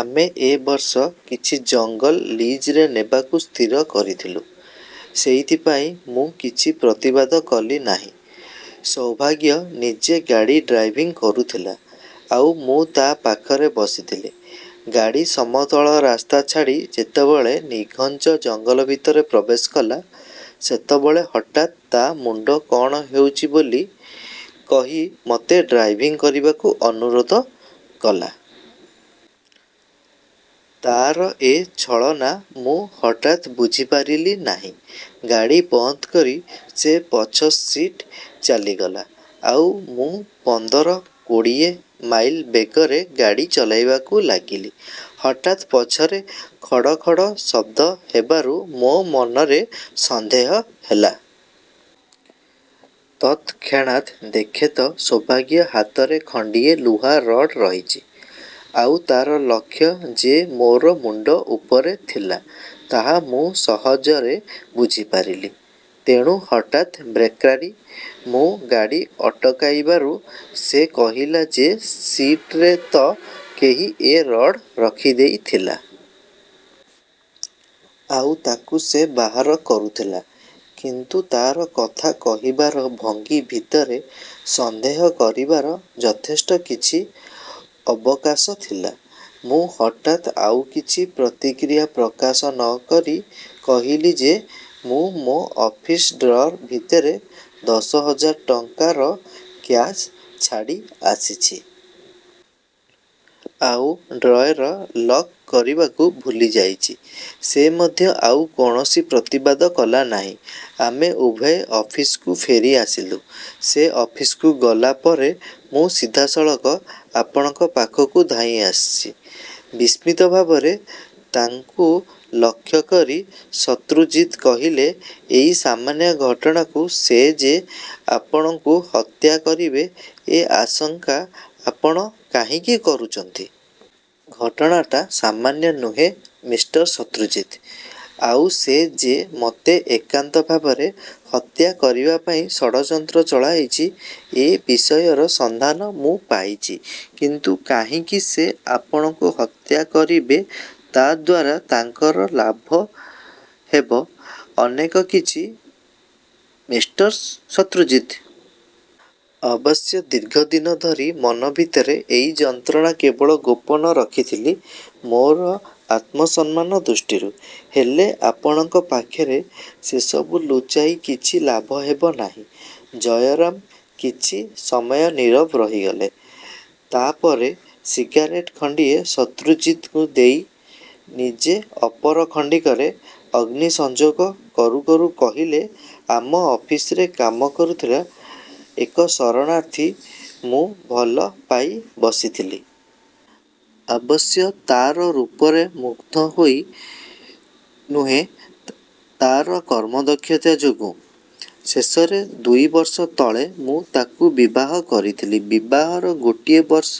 ଆମେ ଏ ବର୍ଷ କିଛି ଜଙ୍ଗଲ ଲିଜରେ ନେବାକୁ ସ୍ଥିର କରିଥିଲୁଁ । ସେଇଥିପାଇଁ ମୁଁ କିଛି ପ୍ରତିବାଦ କଲି ନାହିଁ। ସୌଭାଗ୍ୟ ନିଜେ ଗାଡ଼ି ଡ୍ରାଇଭିଂ କରୁଥିଲା ଆଉ ମୁଁ ତା ପାଖରେ ବସିଥିଲି। ଗାଡ଼ି ସମତଳ ରାସ୍ତା ଛାଡ଼ି ଯେତେବେଳେ ନିଘଞ୍ଚ ଜଙ୍ଗଲ ଭିତରେ ପ୍ରବେଶ କଲା ସେତେବେଳେ ହଠାତ୍ ତା ମୁଣ୍ତ କଣ ହେଉଛି ବୋଲି କହି ମୋତେ ଡ୍ରାଇଭିଂ କରିବାକୁ ଅନୁରୋଧ କଲା। ତା'ର ଏ ଛଳନା ମୁଁ ହାଠାତ୍ ବୁଝିପାରିଲି ନାହିଁ। ଗାଡ଼ି ବନ୍ଦ କରି ସେ ପଛ ସିଟ୍କୁ ଚାଲିଗଲା ଆଉ ମୁଁ ପନ୍ଦର, କୋଡୀଏ ମାଇଲ ବେଗରେ ଗାଡ଼ି ଚଳାଇବାକୁ ଲାଗିଲି। ହଠାତ୍ ପଛରେ ଖଡ଼ ଖଡ଼ ଶଦ୍ଦ ହେବାରୁ ମୋ ମନରେ ସନ୍ଦେହ ହେଲା। ତତ୍ ଖେଣାତ୍ ଦେଖେ ତ ସୌଭାଗ୍ୟ ହାତରେ ଖଣ୍ତିଏ ଲୁହା ରଡ୍ ରହିଛି। ଆଉ ତା'ର ଲକ୍ଷ୍ୟ ଯେ ମୋର ମୁଣ୍ତ ଉପରେ ଥିଲା ତା' ମୁଁ ସହଜରେ ବୁଝିପାରିଲି। ତେଣୁ ହଠାତ୍ ବ୍ରେକ୍ମାରି ମୁଁ ଗାଡ଼ି ଅଟକାଇଦେବାରୁ ସେ କହିଲା ଯେ ସିଟ୍ଭିତରେ କେହି ଏ ରଡ୍ଟା ରଖିଦେଇଥିଲା। ଆଉ ତାକୁ ସେ ବାହାର କରୁଥିଲା। କିନ୍ତୁ ତାର କଥା କହିବାର ଭଙ୍ଗୀ ଭିତରେ ସନ୍ଦେହ କରିବାର ଯଥେଷ୍ଟ କିଛି ଅବକାଶ ଥିଲା। ମୁଁ ହଠାତ୍ ଆଉ କିଛି ପ୍ରତିକ୍ରିୟା ପ୍ରକାଶ ନ କରି କହିଲି ଯେ ମୁ ମୋ ଅଫିସ ଡ୍ରଏର ଭିତରେ ଦଶ ହଜାର ଟଙ୍କାର କ୍ୟାସ ଛାଡ଼ିଆସିଛି। ଆଉ ଡ୍ରଏର ଲକ୍ କରିବାକୁ ଭୁଲିଯାଇଛି। ସେ ମଧ୍ୟ ଆଉ କୌଣସି ପ୍ରତିବାଦ କଲା ନାହିଁ। ଆମେ ଉଭୟେ ଅଫିସକୁ ଫେରିଆସିଲୁଁ। ସେ ଅଫିସକୁ ଗଲା ପରେ ମୁଁ ସିଧାସଳଖ ଆପଣଙ୍କ ପାଖକୁ ଧାଇଁଆସିଛି। ବିସ୍ମିତ ଭାବରେ ତାଙ୍କୁ ଲାକ୍ଷ୍ୟ କରି ଶତ୍ରୁଜିତ୍ କହିଲେ ଏଇ ସାମାନ୍ୟ ଘଟଣାରୁ ସେ ଯେ ଆପଣଙ୍କୁ ହତ୍ୟା କରିବେ ଏ ଆଶଙ୍କା ଆପଣ କାହିଁକି କରୁଛନ୍ତି? ଘଟଣାଟା ସାମାନ୍ୟ ନୁହେଁ, ମିଷ୍ଟର ଶତ୍ରୁଜିତ୍! ଆଉ ସେ ଯେ ମୋତେ ଏକାନ୍ତ ଭାବରେ ହତ୍ୟା କରିବାପାଇଁ ଷଡ଼ଯନ୍ତ୍ର ଚଳାଇଛି ଏ ବିଷୟର ସନ୍ଧାନ ମୁଁ ପାଇଛି। କିନ୍ତୁ କାହିଁକି ସେ ଆପଣଙ୍କୁ ହତ୍ୟା କରିବେ ତା ଦ୍ୱାରା ତାଙ୍କର ଲାଭ ହେବ? ଅନେକ କିଛି, ମିଷ୍ଟର ଶତ୍ରୁଜିତ୍! ଅବଶ୍ୟ ଦୀର୍ଘଦିନ ଧରି ମନ ଭିତରେ ଏଇ ଯନ୍ତ୍ରଣା କେବଳ ଗୋପନ ରଖିଥିଲି ମୋର ଆତ୍ମସମ୍ମାନ ଦୃଷ୍ଟିରୁ। ହେଲେ ଆପଣଙ୍କ ପାଖରେ ସେସବୁ ଲୁଚାଇ କିଛି ଲାଭ ହେବ ନାହିଁ। ଜୟରାମ କିଛି ସମୟ ନୀରବ ରହିଗଲେ। ତା' ପରେ ସିଗାରେଟ ଖଣ୍ତିଏ ଶତ୍ରୁଜିତ୍ଙ୍କୁ ଦେଇ ନିଜେ ଅପର ଖଣ୍ତିକରେ ଅଗ୍ନି ସଂଯୋଗ କରୁ କରୁ କହିଲେ, ଆମ ଅଫିସରେ କାମ କରୁଥିବା ଏକ ଶରଣାର୍ଥୀ ମୁଁ ଭଲ ପାଇ ବସିଥିଲି। ଅବଶ୍ୟ ତାର ରୂପରେ ମୁଗ୍ଧ ହୋଇ ନୁହେଁ, ତାର କର୍ମଦକ୍ଷତା ଯୋଗୁ। ଶେଷରେ ଦୁଇବର୍ଷ ତଳେ ମୁଁ ତାକୁ ବିବାହ କରିଥିଲି। ବିବାହର ଗୋଟିଏ ବର୍ଷ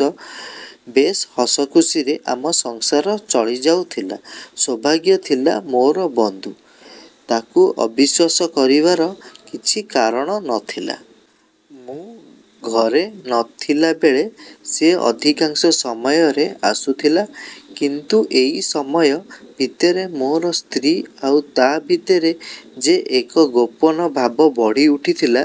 ବେଶ୍ ହସଖୁସିରେ ଆମ ସଂସାର ଚଳିଯାଉଥିଲା । ସୌଭାଗ୍ୟ ଥିଲା ମୋର ବନ୍ଧୁ। ତାକୁ ଅବିଶ୍ୱାସ କରିବାର କିଛି କାରଣ ନ ଥିଲା। ମୁଁ ଘରେ ଥିଲା ନଥିଲାବେଳେ ସେ ଅଧିକାଂଶ ସମୟରେ ଆସୁଥିଲା। କିନ୍ତୁ ଏଇ ସମୟ ଭିତରେ ମୋର ସ୍ତ୍ରୀ ଆଉ ତା' ଭିତରେ ଯେ ଏକ ଗୋପନ ଭାବ ବଢ଼ିଉଠିଥିଲା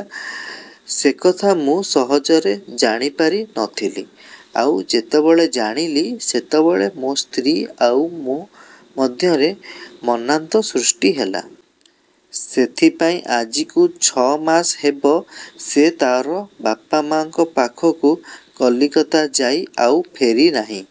ସେକଥା ମୁଁ ସହଜରେ ଜାଣିପାରି ନ ଥିଲି । ଆଉ ଯେତେବେଳେ ଜାଣିଲି, ସେତେବେଳେ ମୋ ସ୍ତ୍ରୀ ଆଉ ମୋ ଭିତରେ ମନାନ୍ତର ସୃଷ୍ଟି ହେଲା। ସେଇଥିପାଇଁ ଆଜକୁ ପ୍ରାୟ ଛ'ମାସ ହେବ ସେ ତା'ର ବାପମାଆଙ୍କ ପାଖକୁ କଲିକତା ଯାଇ ଆଉ ଫେରିନାହିଁ।